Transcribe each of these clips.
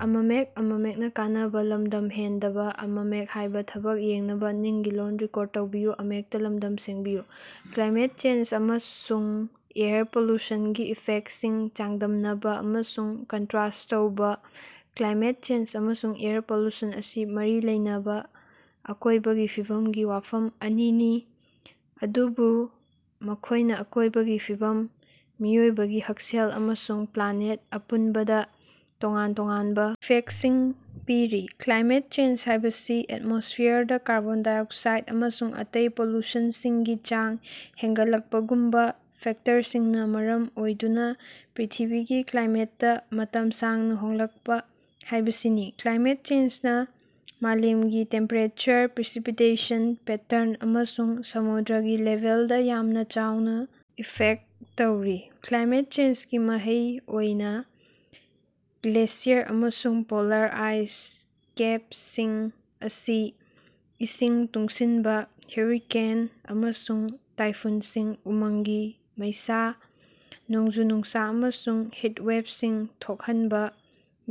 Climate change ꯑꯃꯁꯨꯡ air ꯄꯣꯂ꯭ꯌꯨꯁꯟꯒꯤ ꯏꯐꯦꯛꯇꯁꯤꯡ ꯆꯥꯡꯗꯝꯅꯕ ꯑꯃꯁꯨꯡ ꯀꯟꯇ꯭ꯔꯥꯁꯠ ꯇꯧꯕ- ꯀ꯭ꯂꯥꯏꯃꯦꯠ ꯆꯦꯟꯖ ꯑꯃꯁꯨꯡ ꯑꯦꯌꯔ ꯄꯣꯂ꯭ꯌꯨꯁꯟ ꯑꯁꯤ ꯃꯔꯤ ꯂꯩꯅꯕ ꯑꯀꯣꯏꯕꯒꯤ ꯐꯤꯕꯝꯒꯤ ꯋꯥꯐꯝ ꯑꯅꯤꯅꯤ ꯑꯗꯨꯕꯨ ꯃꯈꯣꯏꯅ ꯑꯀꯣꯏꯕꯒꯤ ꯐꯤꯕꯝ, ꯃꯤꯑꯣꯏꯕꯒꯤ ꯍꯛꯁꯦꯜ ꯑꯃꯁꯨꯡ ꯄ꯭ꯂꯥꯅꯦꯠ ꯑꯄꯨꯟꯕꯗ ꯇꯣꯉꯥꯟ ꯇꯣꯉꯥꯟꯕ ꯏꯐꯦꯛꯇꯁꯤꯡ ꯄꯤꯔꯤ꯫ ꯀ꯭ꯂꯥꯏꯃꯦꯠ ꯆꯦꯟꯖ ꯍꯥꯏꯕꯁꯤ ꯑꯦꯇꯃꯣꯁ꯭ꯐꯤꯌꯔꯗ ꯀꯥꯔꯕꯣꯟ -ꯗꯥꯏꯑꯣꯛꯁꯥꯏꯗ ꯑꯃꯁꯨꯡ ꯑꯇꯩ ꯄꯣꯂ꯭ꯌꯨꯁꯟꯁꯤꯡꯒꯤ ꯆꯥꯡ ꯍꯦꯟꯒꯠꯂꯛꯄꯒꯨꯝꯕ ꯐꯦꯛꯇꯔꯁꯤꯡꯅ ꯃꯔꯝ ꯑꯣꯏꯗꯨꯅ ꯄ꯭ꯔꯤꯊꯤꯕꯤꯒꯤ ꯀ꯭ꯂꯥꯏꯃꯦꯠꯇ ꯃꯇꯝ ꯁꯥꯡꯅ ꯍꯣꯡꯂꯛꯄ ꯍꯥꯏꯕꯁꯤꯅꯤ꯫ ꯀ꯭ꯂꯥꯏꯃꯦꯠ ꯆꯦꯟꯖꯅ ꯃꯥꯂꯦꯝꯒꯤ ꯇꯦꯝꯄꯦꯔꯦꯆꯔ, ꯄ꯭ꯔꯦꯁꯤꯄꯤꯇꯦꯁꯟ ꯄꯦꯇꯔꯟ ꯑꯃꯁꯨꯡ ꯁꯃꯨꯗ꯭ꯔꯒꯤ ꯂꯦꯚꯦꯜꯗ ꯌꯥꯝꯅ ꯆꯥꯎꯅ ꯏꯐꯦꯛꯇ ꯇꯧꯔꯤ꯫ ꯀ꯭ꯂꯥꯏꯃꯦꯠ ꯆꯦꯟꯖꯀꯤ ꯃꯍꯩ ꯑꯣꯏꯅ ꯒ꯭ꯂꯦꯁꯤꯌꯔ ꯑꯃꯁꯨꯡ ꯄꯣꯂꯔ ꯑꯥꯏꯁ ꯀꯦꯞꯁꯤꯡ ꯑꯁꯤ ꯏꯁꯤꯡ ꯇꯨꯡꯁꯤꯟꯕ, ꯍ꯭ꯌꯨꯔꯤꯀꯦꯟ ꯑꯃꯁꯨꯡ ꯇꯥꯏꯐꯨꯟꯁꯤꯡ, ꯎꯃꯪꯒꯤ ꯃꯩꯁꯥ, ꯅꯣꯡꯖꯨ-ꯅꯨꯡꯁꯥ ꯑꯃꯁꯨꯡ ꯍꯤꯠꯋꯦꯐꯁꯤꯡ ꯊꯣꯛꯍꯟꯕ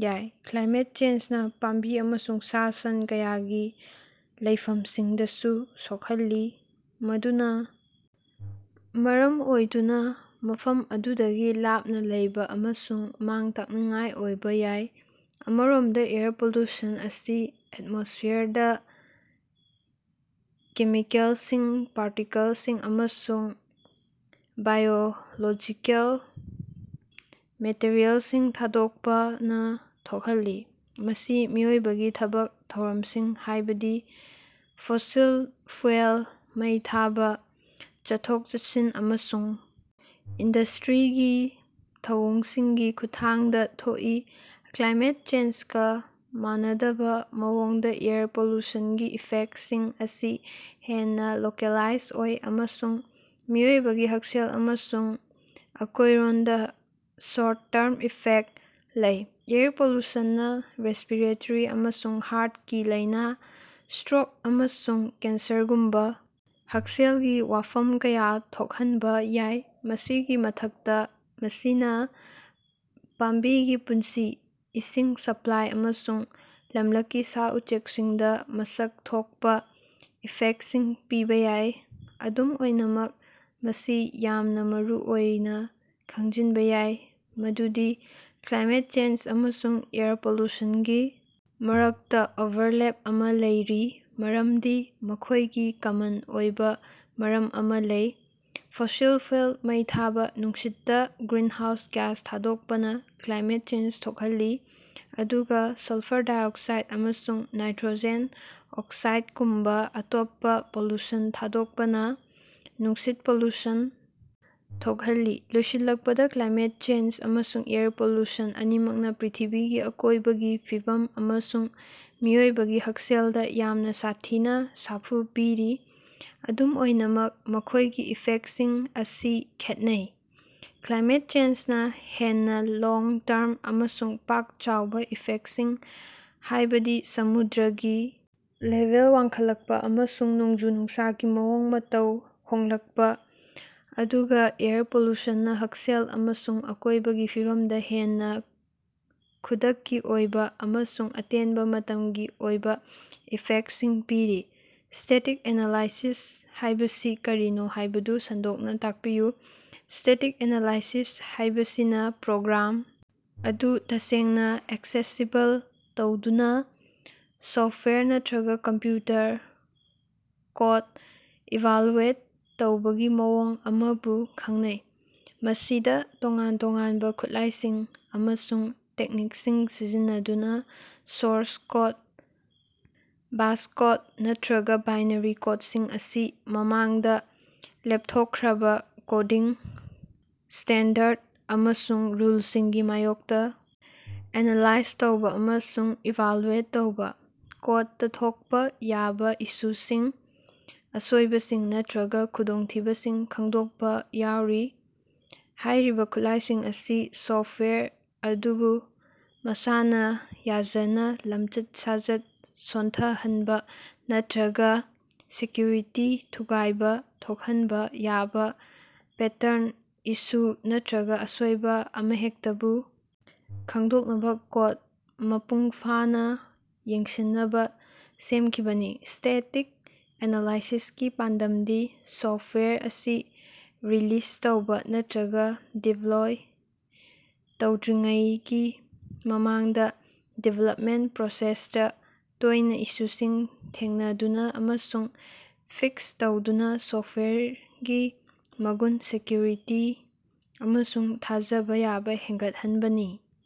ꯌꯥꯏ꯫ ꯀ꯭ꯂꯥꯏꯃꯦꯠ ꯆꯦꯟꯖꯅ ꯄꯥꯝꯕꯤ ꯑꯃꯁꯨꯡ ꯁꯥ-ꯁꯟ ꯀꯌꯥꯒꯤ ꯂꯩꯐꯝꯁꯤꯡꯗꯁꯨ ꯁꯣꯛꯍꯜꯂꯤ꯫ ꯃꯗꯨꯅ ꯃꯔꯝ ꯑꯣꯏꯗꯨꯅ ꯃꯐꯝ ꯑꯗꯨꯗꯒꯤ ꯂꯥꯞꯅ ꯂꯩꯕ ꯑꯃꯁꯨꯡ ꯃꯥꯡ-ꯇꯥꯛꯅꯤꯡꯉꯥꯏ ꯑꯣꯏꯕ ꯌꯥꯏ꯫ ꯑꯃꯔꯣꯝꯗ ꯑꯦꯌꯔ ꯄꯣꯂ꯭ꯌꯨꯁꯟ ꯑꯁꯤ ꯑꯦꯠꯃꯣꯁꯐꯤꯌꯔꯗ ꯀꯦꯃꯤꯀꯦꯂꯁꯤꯡ, ꯄꯥꯔꯇꯤꯀꯜꯁꯤꯡ ꯑꯃꯁꯨꯡ ꯕꯥꯏꯑꯣꯂꯣꯖꯤꯀꯦꯜ ꯃꯦꯇꯤꯔꯤꯑꯦꯜꯁꯤꯡ ꯊꯥꯗꯣꯛꯄꯅ ꯊꯣꯛꯍꯜꯂꯤ꯫ ꯃꯁꯤ ꯃꯤꯑꯣꯏꯕꯒꯤ ꯊꯕꯛ ꯊꯧꯔꯝꯁꯤꯡ ꯍꯥꯏꯕꯗꯤ ꯐꯣꯁꯤꯜ ꯐꯨꯑꯦꯜ ꯃꯩ ꯊꯥꯕ, ꯆꯠꯊꯣꯛ-ꯆꯠꯁꯤꯟ ꯑꯃꯁꯨꯡ ꯏꯟꯗꯁꯇ꯭ꯔꯤꯒꯤ ꯊꯧꯑꯣꯡꯁꯤꯡꯒꯤ ꯈꯨꯠꯊꯥꯡꯗ ꯊꯣꯛꯏ꯫ ꯀ꯭ꯂꯥꯏꯃꯦꯠ ꯆꯦꯟꯖꯀ ꯃꯥꯟꯅꯗꯕ ꯃꯑꯣꯡꯗ ꯑꯦꯌꯔ ꯄꯣꯂ꯭ꯌꯨꯁꯟꯒꯤ ꯏꯐꯦꯛꯇꯁꯤꯡ ꯑꯁꯤ ꯍꯦꯟꯅ ꯂꯣꯀꯦꯜꯂꯥꯏꯖ ꯑꯣꯏ ꯑꯃꯁꯨꯡ ꯃꯤꯑꯣꯏꯕꯒꯤ ꯍꯛꯁꯦꯜ ꯑꯃꯁꯨꯡ ꯑꯀꯣꯏꯔꯣꯟꯗ ꯁꯣꯔꯠ ꯇꯔꯝ ꯏꯐꯦꯛꯇ ꯂꯩ꯫ ꯑꯦꯌꯔ ꯄꯣꯂ꯭ꯌꯨꯁꯟꯅ ꯔꯦꯁ꯭ꯄꯤꯔꯦꯇꯣꯔꯤ ꯑꯃꯁꯨꯡ ꯍꯥꯔꯠꯀꯤ ꯂꯥꯏꯅꯥ, ꯁꯇ꯭ꯔꯣꯛ ꯑꯃꯁꯨꯡ ꯀꯦꯟꯁꯔꯒꯨꯝꯕ ꯍꯛꯁꯦꯜꯒꯤ ꯋꯥꯐꯝ ꯀꯌꯥ ꯊꯣꯛꯍꯟꯕ ꯌꯥꯏ꯫ ꯃꯁꯤꯒꯤ ꯃꯊꯛꯇ ꯃꯁꯤꯅ ꯄꯥꯝꯕꯤꯒꯤ ꯄꯨꯟꯁꯤ, ꯏꯁꯤꯡ ꯁꯄ꯭ꯂꯥꯏ ꯑꯃꯁꯨꯡ ꯂꯝꯂꯛꯀꯤ ꯁꯥ-ꯎꯆꯦꯛꯁꯤꯡꯗ ꯃꯁꯛ ꯊꯣꯛꯄꯥ ꯏꯐꯦꯛꯇꯁꯤꯡ ꯄꯤꯕ ꯌꯥꯏ꯫ ꯑꯗꯨꯝ ꯑꯣꯏꯅꯃꯛ ꯃꯁꯤ ꯌꯥꯝꯅ ꯃꯔꯨꯑꯣꯏꯅ ꯈꯪꯖꯤꯟꯕ ꯌꯥꯏ ꯃꯗꯨꯗꯤ ꯀ꯭ꯂꯥꯏꯃꯦꯠ ꯆꯦꯟꯖ ꯑꯃꯁꯨꯡ ꯑꯦꯌꯔ ꯄꯣꯂ꯭ꯌꯨꯁꯟꯒꯤ ꯃꯔꯛꯇ ꯑꯣꯚꯔꯂꯦꯞ ꯑꯃ ꯂꯩꯔꯤ ꯃꯔꯝꯗꯤ ꯃꯈꯣꯏꯒꯤ ꯀꯃꯟ ꯑꯣꯏꯕ ꯃꯔꯝ ꯑꯃ ꯂꯩ꯫ ꯐꯣꯁꯤꯜ ꯐꯨꯑꯦꯜ ꯃꯩ ꯊꯥꯕꯥ, ꯅꯨꯡꯁꯤꯠꯇ ꯒ꯭ꯔꯤꯟꯍꯥꯎꯁ ꯒ꯭ꯌꯥꯁ ꯊꯥꯗꯣꯛꯄꯅ ꯀ꯭ꯂꯥꯏꯃꯦꯠ ꯆꯦꯟꯖ ꯊꯣꯛꯍꯜꯂꯤ ꯑꯗꯨꯒ ꯁꯜꯐꯔ -ꯗꯥꯏꯑꯣꯛꯁꯥꯏꯗ ꯑꯃꯁꯨꯡ ꯅꯥꯏꯇ꯭ꯔꯣꯖꯦꯟ- ꯑꯣꯛꯁꯥꯏꯗꯀꯨꯝꯕ ꯑꯇꯣꯞꯄ ꯄꯣꯂ꯭ꯌꯨꯁꯟ ꯊꯥꯗꯣꯛꯄꯅ ꯅꯨꯡꯁꯤꯠ ꯄꯣꯂ꯭ꯌꯨꯁꯟ ꯊꯣꯛꯍꯜꯂꯤ꯫ ꯂꯣꯏꯁꯤꯜꯂꯛꯄꯗ, ꯀ꯭ꯂꯥꯏꯃꯦꯠ ꯆꯦꯟꯖ ꯑꯃꯁꯨꯡ ꯑꯦꯌꯔ ꯄꯣꯂ꯭ꯌꯨꯁꯟ ꯑꯅꯤꯃꯛꯅ ꯄ꯭ꯔꯤꯊꯤꯕꯤꯒꯤ ꯑꯀꯣꯏꯕꯒꯤ ꯐꯤꯕꯝ ꯑꯃꯁꯨꯡ ꯃꯤꯑꯣꯏꯕꯒꯤ ꯍꯛꯁꯦꯜꯗ ꯌꯥꯝꯅ ꯁꯥꯊꯤꯅ ꯁꯥꯐꯨ ꯄꯤꯔꯤ꯫ ꯑꯗꯨꯝ ꯑꯣꯏꯅꯃꯛ ꯃꯈꯣꯏꯒꯤ ꯏꯐꯦꯛꯇꯁꯤꯡ ꯑꯁꯤ ꯈꯦꯠꯅꯩ꯫ ꯀ꯭ꯂꯥꯏꯃꯦꯠ ꯆꯦꯟꯖꯅ ꯍꯦꯟꯅ ꯂꯣꯡ-ꯇꯔꯝ ꯑꯃꯁꯨꯡ ꯄꯥꯛ-ꯆꯥꯎꯕ ꯏꯐꯦꯛꯇꯁꯤꯡ ꯍꯥꯏꯕꯗꯤ ꯁꯃꯨꯗ꯭ꯔꯒꯤ ꯂꯦꯚꯦꯜ ꯋꯥꯡꯈꯠꯂꯛꯄ ꯑꯃꯁꯨꯡ ꯅꯣꯡꯖꯨ-ꯅꯨꯡꯁꯥꯒꯤ ꯃꯑꯣꯡ-ꯃꯇꯧ ꯍꯣꯡꯂꯛꯄ ꯑꯗꯨꯒ ꯑꯦꯌꯔ ꯄꯣꯂ꯭ꯌꯨꯁꯟꯅ ꯍꯛꯁꯦꯜ ꯑꯃꯁꯨꯡ ꯑꯀꯣꯏꯕꯒꯤ ꯐꯤꯕꯝꯗ ꯍꯦꯟꯅ ꯈꯨꯗꯛꯀꯤ ꯑꯣꯏꯕ ꯑꯃꯁꯨꯡ ꯑꯇꯦꯟꯕ ꯃꯇꯝꯒꯤ ꯑꯣꯏꯕ ꯏꯐꯦꯛꯇꯁꯤꯡ ꯄꯤꯔꯤ꯫ ꯁ꯭ꯇꯦꯇꯤꯛ ꯑꯦꯅꯂꯥꯏꯁꯤꯁ ꯍꯥꯏꯕꯁꯤ ꯀꯔꯤꯅꯣ ꯍꯥꯏꯕꯗꯨ ꯁꯟꯗꯣꯛꯅ ꯇꯥꯛꯄꯤꯌꯨ꯫ ꯁ꯭ꯇꯦꯇꯤꯛ ꯑꯦꯅꯂꯥꯏꯁꯤꯁ ꯍꯥꯏꯕꯁꯤꯅ ꯄ꯭ꯔꯣꯒ꯭ꯔꯥꯝ ꯑꯗꯨ ꯇꯁꯦꯡꯅ ꯑꯦꯛꯁꯦꯁꯤꯕꯜ ꯇꯧꯗꯅ ꯁꯣꯐꯠꯋꯦꯔ ꯅꯠꯇ꯭ꯔꯒ ꯀꯝꯄ꯭ꯌꯨꯇꯔ ꯀꯣꯗ ꯏꯚꯥꯂ꯭ꯌꯨꯑꯦꯠ ꯇꯧꯕꯒꯤ ꯃꯑꯣꯡ ꯑꯃꯕꯨ ꯈꯪꯅꯩ꯫ ꯃꯁꯤꯗ ꯇꯣꯉꯥꯟ-ꯇꯣꯉꯥꯟꯕ ꯈꯨꯠꯂꯥꯏꯁꯤꯡ ꯑꯃꯁꯨꯡ ꯇꯦꯛꯅꯤꯛꯁꯤꯡ ꯁꯤꯖꯤꯟꯅꯗꯨꯅ ꯁꯣꯔꯁ ꯀꯣꯗ, ꯕꯥꯏꯠꯀꯣꯗ ꯅꯠꯇ꯭ꯔꯒ ꯕꯥꯏꯅꯔꯤ ꯀꯣꯗꯁꯤꯡ ꯑꯁꯤ ꯃꯃꯥꯡꯗ ꯂꯦꯞꯊꯣꯛꯈ꯭ꯔꯕ ꯀꯣꯗꯤꯡ ꯁ꯭ꯇꯦꯟꯗꯔꯗ ꯑꯃꯁꯨꯡ ꯔꯨꯜꯁꯤꯡꯒꯤ ꯃꯥꯏꯌꯣꯛꯇ ꯑꯦꯅꯂꯥꯏꯖ ꯇꯧꯕ ꯑꯃꯁꯨꯡ ꯏꯚꯥꯂꯨꯑꯦꯠ ꯇꯧꯕ, ꯀꯣꯗꯇ ꯊꯣꯛꯄ ꯌꯥꯕ ꯏꯁꯨꯁꯤꯡ, ꯑꯁꯣꯏꯕꯁꯤꯡ ꯅꯠꯇ꯭ꯔꯒ ꯈꯨꯗꯣꯡꯊꯤꯕꯁꯤꯡ ꯈꯪꯗꯣꯛꯄ ꯌꯥꯎꯔꯤ꯫ ꯍꯥꯏꯔꯤꯕ ꯈꯨꯠꯂꯥꯏꯁꯤꯡ ꯑꯁꯤ ꯁꯣꯐꯇꯋꯦꯌꯔ ꯑꯗꯨꯕꯨ ꯃꯁꯥꯅ ꯌꯥꯖꯅ ꯂꯝꯆꯠ-ꯁꯥꯖꯠ ꯁꯣꯟꯊꯍꯟꯕ ꯅꯠꯇ꯭ꯔꯒ ꯁꯦꯀ꯭ꯌꯨꯔꯤꯇꯤ ꯊꯨꯒꯥꯏꯕ ꯊꯣꯛꯍꯟꯕ ꯌꯥꯕ ꯄꯦꯇꯔꯟ, ꯏꯁꯨ ꯅꯠꯇ꯭ꯔꯒ ꯑꯁꯣꯏꯕ ꯑꯃꯍꯦꯛꯇꯕꯨ ꯈꯪꯗꯣꯛꯅꯕ ꯀꯣꯗ ꯃꯄꯨꯡꯐꯥꯅ ꯌꯦꯡꯁꯤꯟꯅꯕ ꯁꯦꯝꯈꯤꯕꯅꯤ꯫ ꯁ꯭ꯇꯦꯇꯤꯛ ꯑꯦꯅꯂꯥꯏꯁꯤꯁꯀꯤ ꯄꯥꯟꯗꯝꯗꯤ ꯁꯣꯐꯇꯋꯦꯌꯔ ꯑꯁꯤ ꯔꯤꯂꯤꯖ ꯇꯧꯕ ꯅꯠꯇ꯭ꯔꯒ ꯗꯤꯄ꯭ꯂꯣꯏ ꯇꯧꯗ꯭ꯔꯤꯉꯩꯒꯤ ꯃꯃꯥꯡꯗ ꯗꯤꯚꯦꯂꯞꯃꯦꯟꯇ ꯄ꯭ꯔꯣꯁꯦꯁꯇ ꯇꯣꯏꯅ ꯏꯁꯨꯁꯤꯡ ꯊꯦꯡꯅꯗꯨꯅ ꯑꯃꯁꯨꯡ ꯐꯤꯛꯁ ꯇꯧꯗꯨꯅ ꯁꯣꯐꯇꯋꯦꯌꯔꯒꯤ ꯃꯒꯨꯟ, ꯁꯦꯀ꯭ꯌꯨꯔꯤꯇꯤ ꯑꯃꯁꯨꯡ ꯊꯥꯖꯕ ꯌꯥꯕ ꯍꯦꯟꯒꯠꯍꯟꯕꯅꯤ꯫